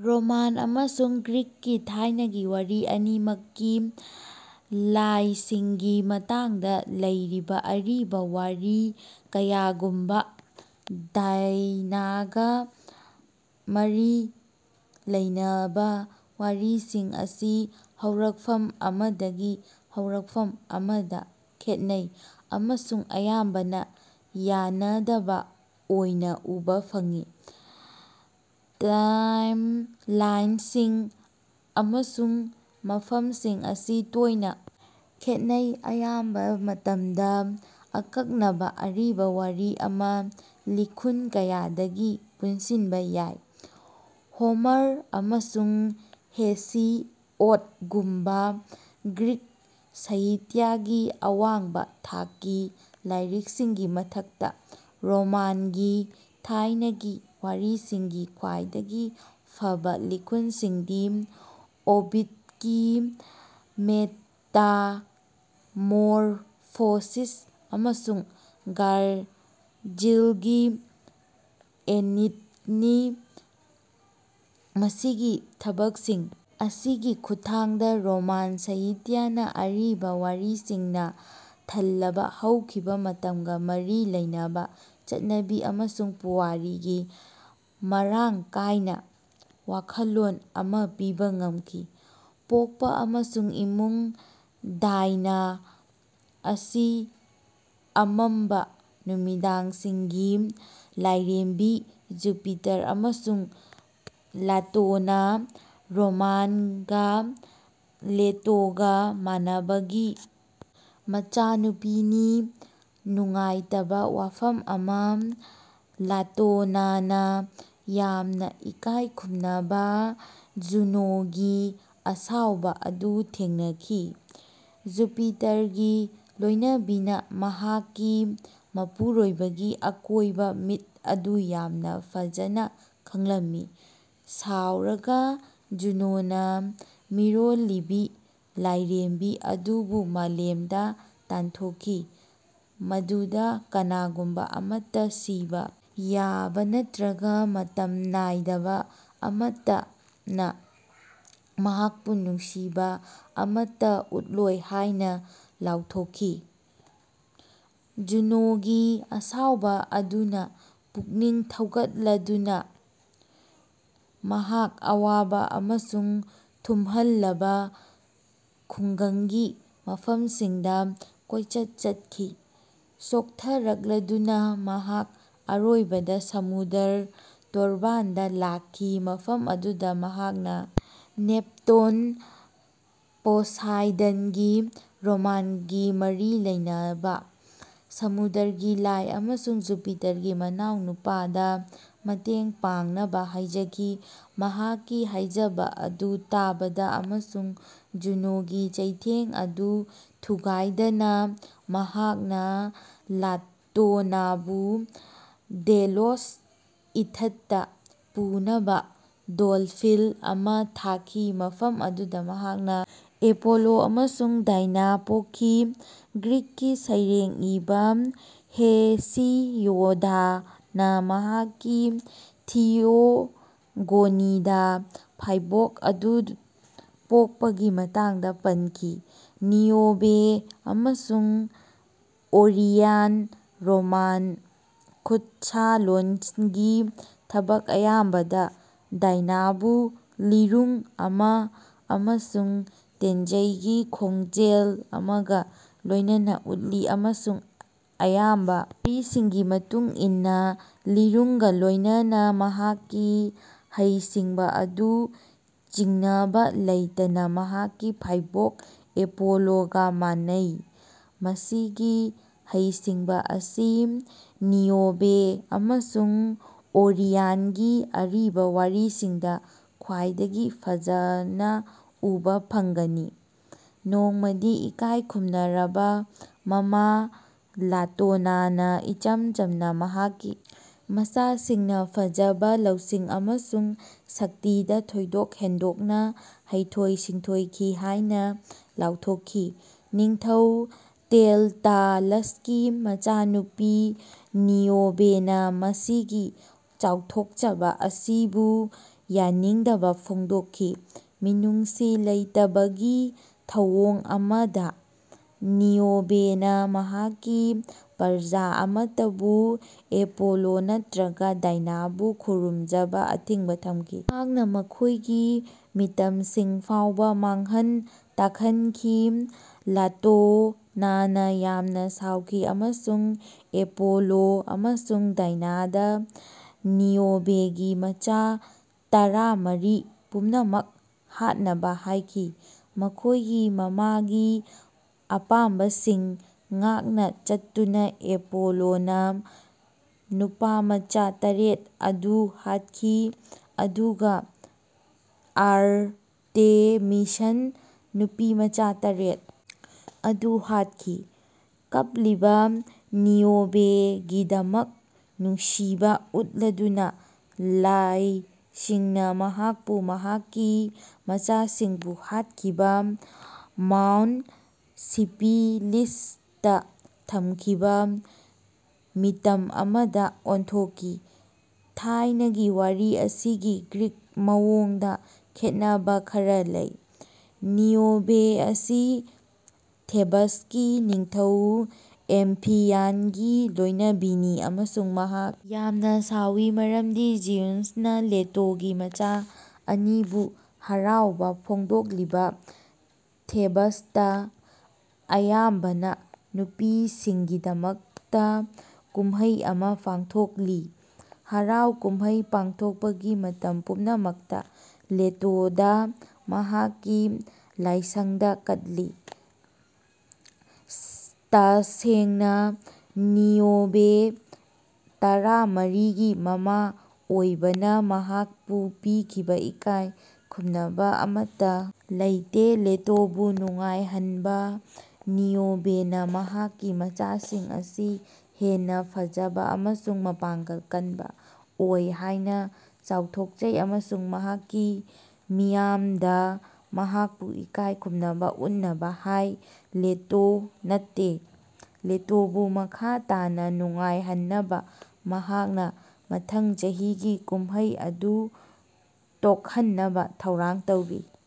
Roman ꯑꯃꯁꯨꯡ ꯒ꯭ꯔꯤꯛꯀꯤ ꯊꯥꯏꯅꯒꯤ ꯋꯥꯔꯤ ꯑꯅꯤꯃꯛꯀꯤ ꯂꯥꯏꯁꯤꯡꯒꯤ ꯃꯇꯥꯡꯗ ꯂꯩꯔꯤꯕ ꯑꯔꯤꯕ ꯋꯥꯔꯤ ꯀꯌꯥꯒꯨꯝꯅ, ꯗꯥꯏꯅꯥꯒ ꯃꯔꯤ ꯂꯩꯅꯕ ꯋꯥꯔꯤꯁꯤꯡ ꯑꯁꯤ ꯍꯧꯔꯛꯐꯝ ꯑꯃꯗꯒꯤ ꯍꯧꯔꯛꯐꯝ ꯑꯃꯗ ꯈꯦꯠꯅꯩ ꯑꯃꯁꯨꯡ ꯑꯌꯥꯝꯕꯅ ꯌꯥꯅꯗꯕ ꯑꯣꯏꯅ ꯎꯕ ꯐꯪꯏ꯫ ꯇꯥꯏꯝꯂꯥꯏꯟꯁꯤꯡ ꯑꯃꯁꯨꯡ ꯃꯐꯝꯁꯤꯡ ꯑꯁꯤ ꯇꯣꯏꯅ ꯈꯦꯠꯅꯩ꯫ ꯑꯌꯥꯝꯕ ꯃꯇꯝꯗ, ꯑꯀꯛꯅꯕ ꯑꯔꯤꯕ ꯋꯥꯔꯤ ꯑꯃ ꯂꯤꯈꯨꯟ ꯀꯌꯥꯗꯒꯤ ꯄꯨꯟꯁꯤꯟꯕ ꯌꯥꯏ꯫ ꯍꯣꯃꯔ ꯑꯃꯁꯨꯡ ꯍꯦꯁꯤꯑꯣꯗꯒꯨꯝꯕ ꯒ꯭ꯔꯤꯛ ꯁꯥꯍꯤꯇ꯭ꯌꯒꯤ ꯑꯋꯥꯡꯕ ꯊꯥꯛꯀꯤ ꯂꯥꯏꯔꯤꯛꯁꯤꯡꯒꯤ ꯃꯊꯛꯇ, ꯔꯣꯃꯥꯟꯒꯤ ꯊꯥꯏꯅꯒꯤ ꯋꯥꯔꯤꯁꯤꯡꯒꯤ ꯈ꯭ꯋꯥꯏꯗꯒꯤ ꯐꯕ ꯂꯤꯈꯨꯟꯁꯤꯡꯗꯤ ꯑꯣꯕꯤꯗꯀꯤ ꯃꯦꯇꯥꯃꯣꯔꯐꯣꯁꯤꯁ ꯑꯃꯁꯨꯡ ꯚꯔꯖꯤꯜꯒꯤ ꯑꯦꯅꯤꯠꯅꯤ꯫ ꯃꯁꯤꯒꯤ ꯊꯕꯛꯁꯤꯡ ꯑꯁꯤꯒꯤ ꯈꯨꯠꯊꯥꯡꯗ, ꯔꯣꯃꯥꯟ ꯁꯥꯍꯤꯇ꯭ꯌꯥꯅ ꯑꯔꯤꯕ ꯋꯥꯔꯤꯁꯤꯡꯅ ꯊꯜꯂꯕ ꯍꯧꯈꯤꯕ ꯃꯇꯝꯒ ꯃꯔꯤ ꯂꯩꯅꯕ ꯆꯠꯅꯕꯤ ꯑꯃꯁꯨꯡ ꯄꯨꯋꯥꯔꯤꯒꯤ ꯃꯔꯥꯡ ꯀꯥꯏꯅ ꯋꯥꯈꯜꯂꯣꯟ ꯑꯃ ꯄꯤꯕ ꯉꯝꯈꯤ꯫ꯄꯣꯛꯄ ꯑꯃꯁꯨꯡ ꯏꯃꯨꯡ ꯗꯥꯏꯅꯥ ꯑꯁꯤ ꯑꯃꯝꯕ ꯅꯨꯃꯤꯗꯥꯡꯁꯤꯡꯒꯤ ꯂꯥꯏꯔꯦꯝꯕꯤ ꯖꯨꯄꯤꯇꯔ ꯑꯃꯁꯨꯡ ꯂꯥꯇꯣꯅꯥ (ꯔꯣꯃꯥꯟꯒ ꯂꯦꯇꯣꯒ ꯃꯥꯟꯅꯕ)ꯒꯤ ꯃꯆꯥꯅꯨꯄꯤꯅꯤ꯫ ꯅꯨꯡꯉꯥꯏꯇꯕ ꯋꯥꯐꯝ ꯑꯃ, ꯂꯥꯇꯣꯅꯥꯅ ꯌꯥꯝꯅ ꯏꯀꯥꯏ ꯈꯨꯝꯅꯕ ꯖꯨꯅꯣꯒꯤ ꯑꯁꯥꯎꯕ ꯑꯗꯨ ꯊꯦꯡꯅꯈꯤ꯫ ꯖꯨꯄꯤꯇꯔꯒꯤ ꯂꯣꯏꯅꯕꯤꯅ ꯃꯍꯥꯛꯀꯤ ꯃꯄꯨꯔꯣꯏꯕꯒꯤ ꯑꯀꯣꯏꯕ ꯃꯤꯠ ꯑꯗꯨ ꯌꯥꯝꯅ ꯐꯖꯅ ꯈꯪꯂꯝꯃꯤ꯫ ꯁꯥꯎꯔꯒ ꯖꯨꯅꯣꯅ ꯃꯤꯔꯣꯜꯂꯤꯕꯤ ꯂꯥꯏꯔꯦꯝꯕꯤ ꯑꯗꯨꯕꯨ ꯃꯥꯂꯦꯝꯗ ꯇꯥꯟꯊꯣꯛꯈꯤ, ꯃꯗꯨꯗ ꯀꯅꯥꯒꯨꯝꯕ ꯑꯃꯠꯇ, ꯁꯤꯕ ꯌꯥꯕ ꯅꯠꯇ꯭ꯔꯒ ꯃꯇꯝ ꯅꯥꯏꯗꯕ ꯑꯃꯠꯇꯅ ꯃꯍꯥꯛꯄꯨ ꯅꯨꯡꯁꯤꯕ ꯑꯃꯠꯇ ꯎꯠꯂꯣꯏ ꯍꯥꯏꯅ ꯂꯥꯎꯊꯣꯛꯈꯤ꯫ ꯖꯨꯅꯣꯒꯤ ꯑꯁꯥꯎꯕ ꯑꯗꯨꯅ ꯄꯨꯛꯅꯤꯡ ꯊꯧꯒꯠꯂꯗꯨꯅ, ꯃꯍꯥꯛ ꯑꯋꯥꯕ ꯑꯃꯁꯨꯡ ꯊꯨꯝꯍꯜꯂꯕ ꯈꯨꯡꯒꯪꯒꯤ ꯃꯐꯝꯁꯤꯡꯗ ꯀꯣꯏꯆꯠ ꯆꯠꯈꯤ꯫ ꯆꯣꯛꯊꯔꯛꯂꯗꯨꯅ, ꯃꯍꯥꯛ ꯑꯔꯣꯏꯕꯗ ꯁꯃꯨꯗ꯭ꯔ ꯇꯣꯔꯕꯥꯟꯗ ꯂꯥꯛꯈꯤ ꯃꯐꯝ ꯑꯗꯨꯗ ꯃꯍꯥꯛꯅ ꯅꯦꯞꯇꯨꯟ (ꯄꯣꯁꯥꯏꯗꯟꯒꯤ ꯔꯣꯃꯥꯟꯒꯤ ꯃꯔꯤ ꯂꯩꯅꯕ), ꯁꯃꯨꯗ꯭ꯔꯒꯤ ꯂꯥꯏ ꯑꯃꯁꯨꯡ ꯖꯨꯄꯤꯇꯔꯒꯤ ꯃꯅꯥꯎꯅꯨꯄꯥꯗꯥ ꯃꯇꯦꯡ ꯄꯥꯡꯅꯕ ꯍꯥꯏꯖꯈꯤ꯫ ꯃꯍꯥꯛꯀꯤ ꯍꯥꯏꯖꯕ ꯑꯗꯨ ꯇꯥꯕꯗ ꯑꯃꯁꯨꯡ ꯖꯨꯅꯣꯒꯤ ꯆꯩꯊꯦꯡ ꯑꯗꯨ ꯊꯨꯒꯥꯏꯗꯅ, ꯃꯍꯥꯛꯅ ꯂꯥꯇꯣꯅꯥꯕꯨ ꯗꯦꯂꯣꯁ ꯏꯊꯠꯇ ꯄꯨꯅꯕ ꯗꯣꯜꯐꯤꯟ ꯑꯃ ꯊꯥꯈꯤ ꯃꯐꯝ ꯑꯗꯨꯗ ꯃꯍꯥꯛꯅ ꯑꯦꯄꯣꯂꯣ ꯑꯃꯁꯨꯡ ꯗꯥꯏꯅꯥ ꯄꯣꯛꯈꯤ꯫ ꯒ꯭ꯔꯤꯛꯀꯤ ꯁꯩꯔꯦꯡ ꯏꯕ ꯍꯦꯁꯤꯌꯣꯗꯅ ꯃꯍꯥꯛꯀꯤ ꯊꯤꯌꯣꯒꯣꯅꯤꯗ ꯐꯥꯏꯕꯣꯛ ꯑꯗꯨ ꯄꯣꯛꯄꯒꯤ ꯃꯇꯥꯡꯗ ꯄꯟꯈꯤ: ꯅꯤꯑꯣꯕꯦ ꯑꯃꯁꯨꯡ ꯑꯣꯔꯤꯌꯟ ꯔꯣꯃꯥꯟ ꯈꯨꯠꯁꯥꯂꯣꯟꯒꯤ ꯊꯕꯛ ꯑꯌꯥꯝꯕꯗ, ꯗꯥꯏꯅꯥꯕꯨ ꯂꯤꯔꯨꯡ ꯑꯃ ꯑꯃꯁꯨꯡ ꯇꯦꯟꯖꯩꯒꯤ ꯈꯣꯡꯖꯦꯜ ꯑꯃꯒ ꯂꯣꯏꯅꯅ ꯎꯠꯂꯤ, ꯑꯃꯁꯨꯡ ꯑꯌꯥꯝꯕ ꯋꯥꯔꯤꯁꯤꯡꯒꯤ ꯃꯇꯨꯡ ꯏꯟꯅ, ꯂꯤꯔꯨꯡꯒ ꯂꯣꯏꯅꯅ ꯃꯍꯥꯛꯀꯤ ꯍꯩꯁꯤꯡꯕ ꯑꯗꯨ ꯆꯤꯡꯅꯕ ꯂꯩꯇꯅ ꯃꯍꯥꯛꯀꯤ ꯐꯥꯏꯕꯣꯛ ꯑꯦꯄꯣꯂꯣꯒ ꯃꯥꯟꯅꯩ꯫ ꯃꯁꯤꯒꯤ ꯍꯩꯁꯤꯡꯕ ꯑꯁꯤ ꯅꯤꯑꯣꯕꯦ ꯑꯃꯁꯨꯡ ꯑꯣꯔꯤꯌꯟꯒꯤ ꯑꯔꯤꯕ ꯋꯥꯔꯤꯁꯤꯡꯗ ꯈ꯭ꯋꯥꯏꯗꯒꯤ ꯐꯖꯅ ꯎꯕ ꯐꯪꯒꯅꯤ꯫ ꯅꯣꯡꯃꯗꯤ ꯏꯀꯥꯏ ꯈꯨꯝꯅꯔꯕ ꯃꯃꯥ ꯂꯥꯇꯣꯅꯥꯅ ꯏꯆꯝ-ꯆꯝꯅ ꯃꯍꯥꯛꯀꯤ ꯃꯆꯥꯁꯤꯡꯅ ꯐꯖꯕ, ꯂꯧꯁꯤꯡ ꯑꯃꯁꯨꯡ ꯁꯛꯇꯤꯗ ꯊꯣꯏꯗꯣꯛ ꯍꯦꯟꯗꯣꯛꯅ ꯍꯩꯊꯣꯏ-ꯁꯤꯡꯊꯣꯏꯈꯤ ꯍꯥꯏꯅ ꯂꯥꯎꯊꯣꯛꯈꯤ꯫ ꯅꯤꯡꯊꯧ ꯇꯦꯟꯇꯥꯂꯁꯀꯤ ꯃꯆꯥꯅꯨꯄꯤ ꯅꯤꯑꯣꯕꯦꯅ ꯃꯁꯤꯒꯤ ꯆꯥꯎꯊꯣꯛꯆꯕ ꯑꯁꯤꯕꯨ ꯌꯥꯅꯤꯡꯗꯕ ꯐꯣꯡꯗꯣꯛꯈꯤ꯫ ꯃꯤꯅꯨꯡꯁꯤ ꯂꯩꯇꯕꯒꯤ ꯊꯧꯑꯣꯡ ꯑꯃꯗ, ꯅꯤꯑꯣꯕꯦꯅ ꯃꯍꯥꯛꯀꯤ ꯄ꯭ꯔꯖꯥ ꯑꯃꯠꯇꯕꯨ ꯑꯦꯄꯣꯂꯣ ꯅꯠꯇ꯭ꯔꯒ ꯗꯥꯏꯅꯥꯕꯨ ꯈꯨꯔꯨꯝꯖꯕ ꯑꯊꯤꯡꯕ ꯊꯝꯈꯤ꯫ ꯃꯍꯥꯛꯅ ꯃꯈꯣꯏꯒꯤ ꯃꯤꯇꯝꯁꯤꯡ ꯐꯥꯎꯕ ꯃꯥꯡꯍꯟ ꯇꯥꯛꯍꯟꯈꯤ꯫ ꯂꯥꯇꯣꯅꯥꯅ ꯌꯥꯝꯅ ꯁꯥꯎꯈꯤ ꯑꯃꯁꯨꯡ ꯑꯦꯄꯣꯂꯣ ꯑꯃꯁꯨꯡ ꯗꯥꯏꯅꯥꯗ ꯅꯤꯑꯣꯕꯦꯒꯤ ꯃꯆꯥ ꯇꯔꯥꯃꯔꯤ ꯄꯨꯝꯅꯃꯛ ꯍꯥꯠꯅꯕ ꯍꯥꯏꯈꯤ꯫ ꯃꯈꯣꯏꯒꯤ ꯃꯃꯥꯒꯤ ꯑꯄꯥꯝꯕꯁꯤꯡ ꯉꯥꯛꯅ ꯆꯠꯇꯨꯅ ꯑꯦꯄꯣꯂꯣꯅ ꯅꯨꯄꯥꯃꯆꯥ ꯇꯔꯦꯠ ꯑꯗꯨ ꯍꯥꯠꯈꯤ ꯑꯗꯨꯒ ꯑꯥꯔꯇꯦꯃꯤꯁꯟ ꯅꯨꯄꯤꯃꯆꯥ ꯇꯔꯦꯠ ꯑꯗꯨ ꯍꯥꯠꯈꯤ꯫ ꯀꯞꯂꯤꯕꯥ ꯅꯤꯑꯣꯕꯦꯒꯤꯗꯃꯛ ꯅꯨꯡꯁꯤꯕ ꯎꯠꯂꯗꯨꯅ, ꯂꯥꯏꯁꯤꯡꯅ ꯃꯍꯥꯛꯄꯨ ꯃꯍꯥꯛꯀꯤ ꯃꯆꯥꯁꯤꯡꯕꯨ ꯍꯥꯠꯈꯤꯕ ꯃꯥꯎꯟꯠ ꯁꯤꯄꯤꯂꯁꯇ ꯊꯝꯈꯤꯕ ꯃꯤꯇꯝ ꯑꯃꯗ ꯑꯣꯟꯊꯣꯛꯈꯤ꯫ ꯊꯥꯏꯅꯒꯤ ꯋꯥꯔꯤ ꯑꯁꯤꯒꯤ ꯒ꯭ꯔꯤꯛ ꯃꯑꯣꯡꯗ, ꯈꯦꯠꯅꯕ ꯈꯔ ꯂꯩ꯫ ꯅꯤꯑꯣꯕꯦ ꯑꯁꯤ ꯊꯦꯕꯁꯀꯤ ꯅꯤꯡꯊꯧ, ꯑꯦꯝꯐꯤꯌꯟꯒꯤ ꯂꯣꯏꯅꯕꯤꯅꯤ, ꯑꯃꯁꯨꯡ ꯃꯍꯥꯛ ꯌꯥꯝꯅ ꯁꯥꯎꯋꯤ ꯃꯔꯝꯗꯤ ꯖꯤꯎꯁꯅ ꯂꯦꯇꯣꯒꯤ ꯃꯆꯥ ꯑꯅꯤꯕꯨ ꯍꯔꯥꯎꯕ ꯐꯣꯡꯗꯣꯛꯂꯤꯕ ꯊꯦꯕꯁꯇ ꯑꯌꯥꯝꯕꯅ ꯅꯨꯄꯤꯁꯤꯡꯒꯤꯗꯃꯛꯇ ꯀꯨꯝꯍꯩ ꯑꯃ ꯄꯥꯡꯊꯣꯛꯂꯤ꯫ ꯍꯔꯥꯎ-ꯀꯨꯝꯍꯩ ꯄꯥꯡꯊꯣꯛꯄꯒꯤ ꯃꯇꯝ ꯄꯨꯝꯅꯃꯛꯇ, ꯂꯦꯇꯣꯗ ꯃꯍꯥꯛꯀꯤ ꯂꯥꯏꯁꯪꯗ ꯀꯠꯂꯤ꯫ ꯇꯁꯦꯡꯅ, ꯅꯤꯑꯣꯕꯦ, ꯇꯔꯥꯃꯔꯤꯒꯤ ꯃꯃꯥ ꯑꯣꯏꯕꯅ, ꯃꯍꯥꯛꯄꯨ ꯄꯤꯈꯤꯕ ꯏꯀꯥꯏ ꯈꯨꯝꯅꯕ ꯑꯃꯠꯇ ꯂꯩꯇꯦ꯫ ꯂꯦꯇꯣꯕꯨ ꯅꯨꯡꯉꯥꯏꯍꯟꯕ, ꯅꯤꯑꯣꯕꯦꯅ ꯃꯍꯥꯛꯀꯤ ꯃꯆꯥꯁꯤꯡ ꯑꯁꯤ ꯍꯦꯟꯅ ꯐꯖꯕ ꯑꯃꯁꯨꯡ ꯃꯄꯥꯡꯒꯜ ꯀꯟꯕ ꯑꯣꯏ ꯍꯥꯏꯅ ꯆꯥꯎꯊꯣꯛꯆꯩ ꯑꯃꯁꯨꯡ ꯃꯍꯥꯛꯀꯤ ꯃꯤꯌꯥꯝꯗ ꯃꯍꯥꯛꯄꯨ ꯏꯀꯥꯏ ꯈꯨꯝꯅꯕ ꯎꯠꯅꯕ ꯍꯥꯏ, ꯂꯦꯇꯣ ꯅꯠꯇꯦ꯫ ꯂꯦꯇꯣꯕꯨ ꯃꯈꯥ ꯇꯥꯅ ꯅꯨꯡꯉꯥꯏꯍꯟꯅꯕ ꯃꯍꯥꯛꯅ ꯃꯊꯪ ꯆꯍꯤꯒꯤ ꯀꯨꯝꯍꯩ ꯑꯗꯨ ꯇꯣꯛꯍꯟꯅꯕ ꯊꯧꯔꯥꯡ ꯇꯧꯔꯤ꯫